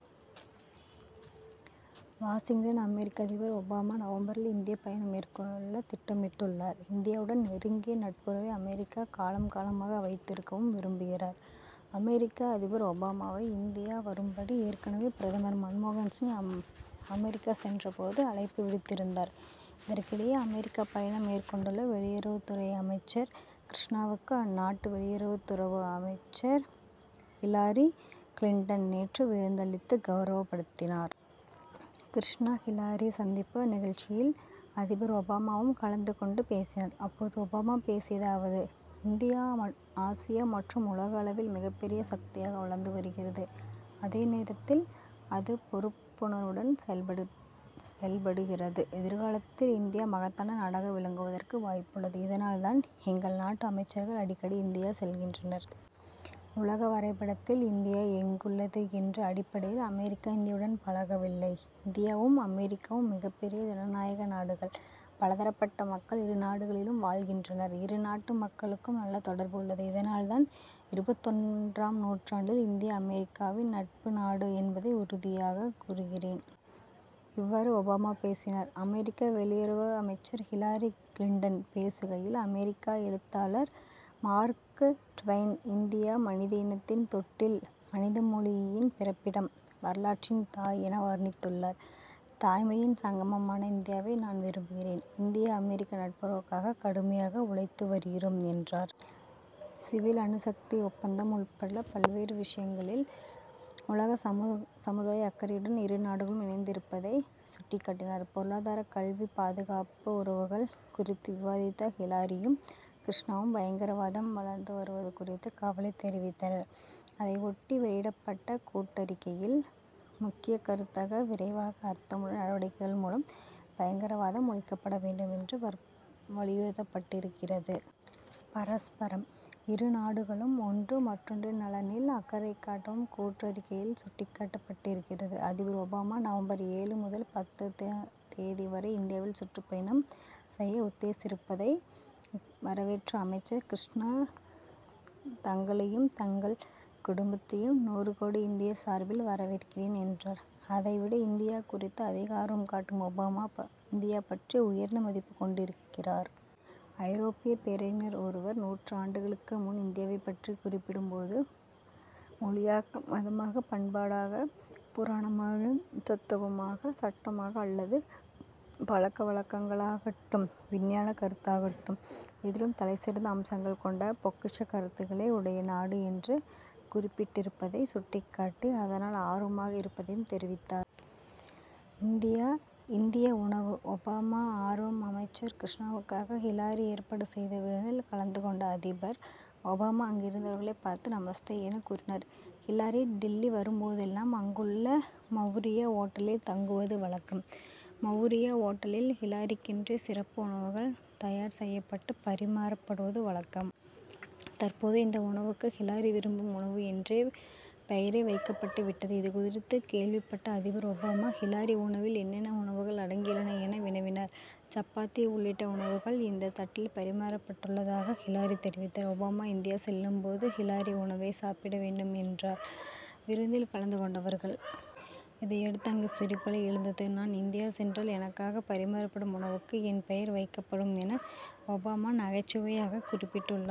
Washington அமெரிக்க அதிபர் Obama நவம்பரில் இந்திய பயணம் மேற்கொள்ள திட்டமிட்டுள்ளார். இந்தியாவுடன் நெருங்கிய நட்புறவை அமெரிக்கா காலம் காலமாக வைத்திருக்கவும் விரும்புகிறார். அமெரிக்க அதிபர் ஒபாமாவை இந்தியா வரும்படி ஏற்கனவே பிரதமர் மன்மோகன் சிங் அமெரிக்கா சென்ற போது அழைப்பு விடுத்திருந்தார். இதற்கிடையே அமெரிக்க பயணம் மேற்கொண்டுள்ள வெளியுறவுத்துறை அமைச்சர் கிருஷ்ணாவுக்கு அந்நாட்டு வெளியுறவு அமைச்சர் ஹிலாரி கிளின்டன் நேற்று விருந்தளித்து கவுரவப்படுத்தினார். கிருஷ்ணா ஹிலாரி சந்திப்பு நிகழ்ச்சியில் அதிபர் ஒபாமாவும் கலந்து கொண்டு பேசினார். அப்போது ஒபாமா பேசியதாவது இந்தியா ஆசியா மற்றும் உலக அளவில் மிகப்பெரிய சக்தியாக வளர்ந்து வருகிறது. அதே நேரத்தில் அது பொறுப்புணர்வுடன் செயல்படுகிறது. எதிர்காலத்தில் இந்தியா மகத்தான நாடாக விளங்குவதற்கு வாய்ப்புள்ளது. இதனால் தான் எங்கள் நாட்டு அமைச்சர்கள் அடிக்கடி இந்தியா செல்கின்றனர். உலக வரைபடத்தில் இந்தியா எங்குள்ளது என்ற அடிப்படையில் அமெரிக்கா இந்தியாவுடன் பழகவில்லை. இந்தியாவும் அமெரிக்காவும் மிகப்பெரிய ஜனநாயக நாடுகள். பலதரப்பட்ட மக்கள் இருநாடுகளிலும் வாழ்கின்றனர். இருநாட்டு மக்களுக்கும் நல்ல தொடர்பு உள்ளது. இதனால் தான் இருபத்தொன்றாம் நூற்றாண்டில் இந்தியா அமெரிக்காவின் நட்பு நாடு என்பதை உறுதியாக கூறுகிறேன். இவ்வாறு ஒபாமா பேசினார். அமெரிக்க வெளியுறவு அமைச்சர் ஹிலாரி கிளின்டன் பேசுகையில் அமெரிக்க எழுத்தாளர் மார்க் ட்வெயின் இந்தியா மனித இனத்தின் தொட்டில் மனித மொழியின் பிறப்பிடம் வரலாற்றின் தாய் என வர்ணித்துள்ளார். தாய்மையின் சங்கமமான இந்தியாவை நான் விரும்புகிறேன். இந்திய அமெரிக்க நட்புறவுக்காக கடுமையாக உழைத்து வருகிறோம் என்றார். சிவில் அணுசக்தி ஒப்பந்தம் உட்பட பல்வேறு விஷயங்களில் உலக சமுதாய அக்கறையுடன் இருநாடுகளும் இணைந்திருப்பதைச் சுட்டிக்காட்டினார். பொருளாதார கல்வி பாதுகாப்பு உறவுகள் குறித்து விவாதித்த ஹிலாரியும் கிருஷ்ணாவும் பயங்கரவாதம் வளர்ந்து வருவது குறித்து கவலைத் தெரிவித்தனர். அதை ஒட்டி வெளியிடப்பட்ட கூட்டறிக்கையில் முக்கிய கருத்தாக விரைவான அர்த்தமுள்ள நடவடிக்கைகள் மூலம் பயங்கரவாதம் ஒழிக்கப்பட வேண்டும் என்று வலியுறுத்தப்பட்டிருக்கிறது. பரஸ்பரம் இருநாடுகளும் ஒன்று மற்றொன்றின் நலனில் அக்கறை காட்டவும் கூட்டறிக்கையில் சுட்டிக்காட்டப்பட்டிருக்கிறது. அதிபர் ஒபாமா நவம்பர் ஏழு முதல் பத்தாம் தேதி வரை இந்தியாவில் சுற்றுப்பயணம் செய்ய உத்தேசித்திருப்பதை வரவேற்ற அமைச்சர் கிருஷ்ணா தங்களையும் தங்கள் குடும்பத்தையும் நூறுகோடி இந்தியர் சார்பில் வரவேற்கிறேன் என்றார். அதைவிட இந்தியா குறித்து அதிக ஆர்வம் காட்டும் ஒபாமா இந்தியா பற்றி உயர்ந்த மதிப்பு கொண்டிருக்கிறார். ஐரோப்பிய பேரறிஞர் ஒருவர் நூறாண்டுகளுக்கு முன் இந்தியாவைப் பற்றி குறிப்பிடும் போது மொழியாக மதமாக பண்பாடாக புராணமாக தத்துவமாக சட்டமாக அல்லது பழக்கவழக்கங்களாகட்டும் விஞ்ஞான கருத்தாகட்டும் எதிலும் தலைசிறந்த அம்சங்கள் கொண்ட பொக்கிஷக் கருத்துக்களை உடைய நாடு என்று குறிப்பிட்டிருப்பதை சுட்டிக்காட்டி அதனால் ஆர்வமாக இருப்பதாகவும் தெரிவித்தார். இந்திய உணவு ஒபாமா ஆர்வம் அமைச்சர் கிருஷ்ணாவுக்காக ஹிலாரி ஏற்பாடு செய்த விருந்தில் கலந்து கொண்ட அதிபர் ஒபாமா அங்கிருந்தவர்களை பார்த்து நமஸ்தே என கூறினார். ஹிலாரி டில்லி வரும்போதெல்லாம் அங்குள்ள மவுரியா ஓட்டலில் தங்குவது வழக்கம். மவுரியா ஓட்டலில் ஹிலாரிக்கென்றே சிறப்பு உணவுகள் தயார் செய்யப்பட்டு பரிமாறப்படுவது வழக்கம். தற்போது இந்த உணவுக்கு ஹிலாரி விரும்பும் உணவு என்று பெயரே வைக்கப்பட்டு விட்டது. இது குறித்து கேள்விப்பட்ட அதிபர் ஒபாமா ஹிலாரி உணவில் என்னென்ன உணவுகள் அடங்கியுள்ளன என வினவினார். சப்பாத்தி உள்ளிட்ட உணவுகள் இந்த தட்டில் பரிமாறப்பட்டுள்ளதாக ஹிலாரி தெரிவித்தார். ஒபாமா இந்தியா செல்லும் போது ஹிலாரி உணவை சாப்பிட வேண்டும் என்றனர் விருந்தில் கலந்து கொண்டவர்கள். இதையடுத்து அங்கு சிரிப்பலை எழுந்தது. நான் இந்தியா சென்றால் எனக்காக பரிமாறப்படும் உணவுக்கு என் பெயர் வைக்கப்படும் என ஒபாமா நகைச்சுவையாக குறிப்பிட்டார்.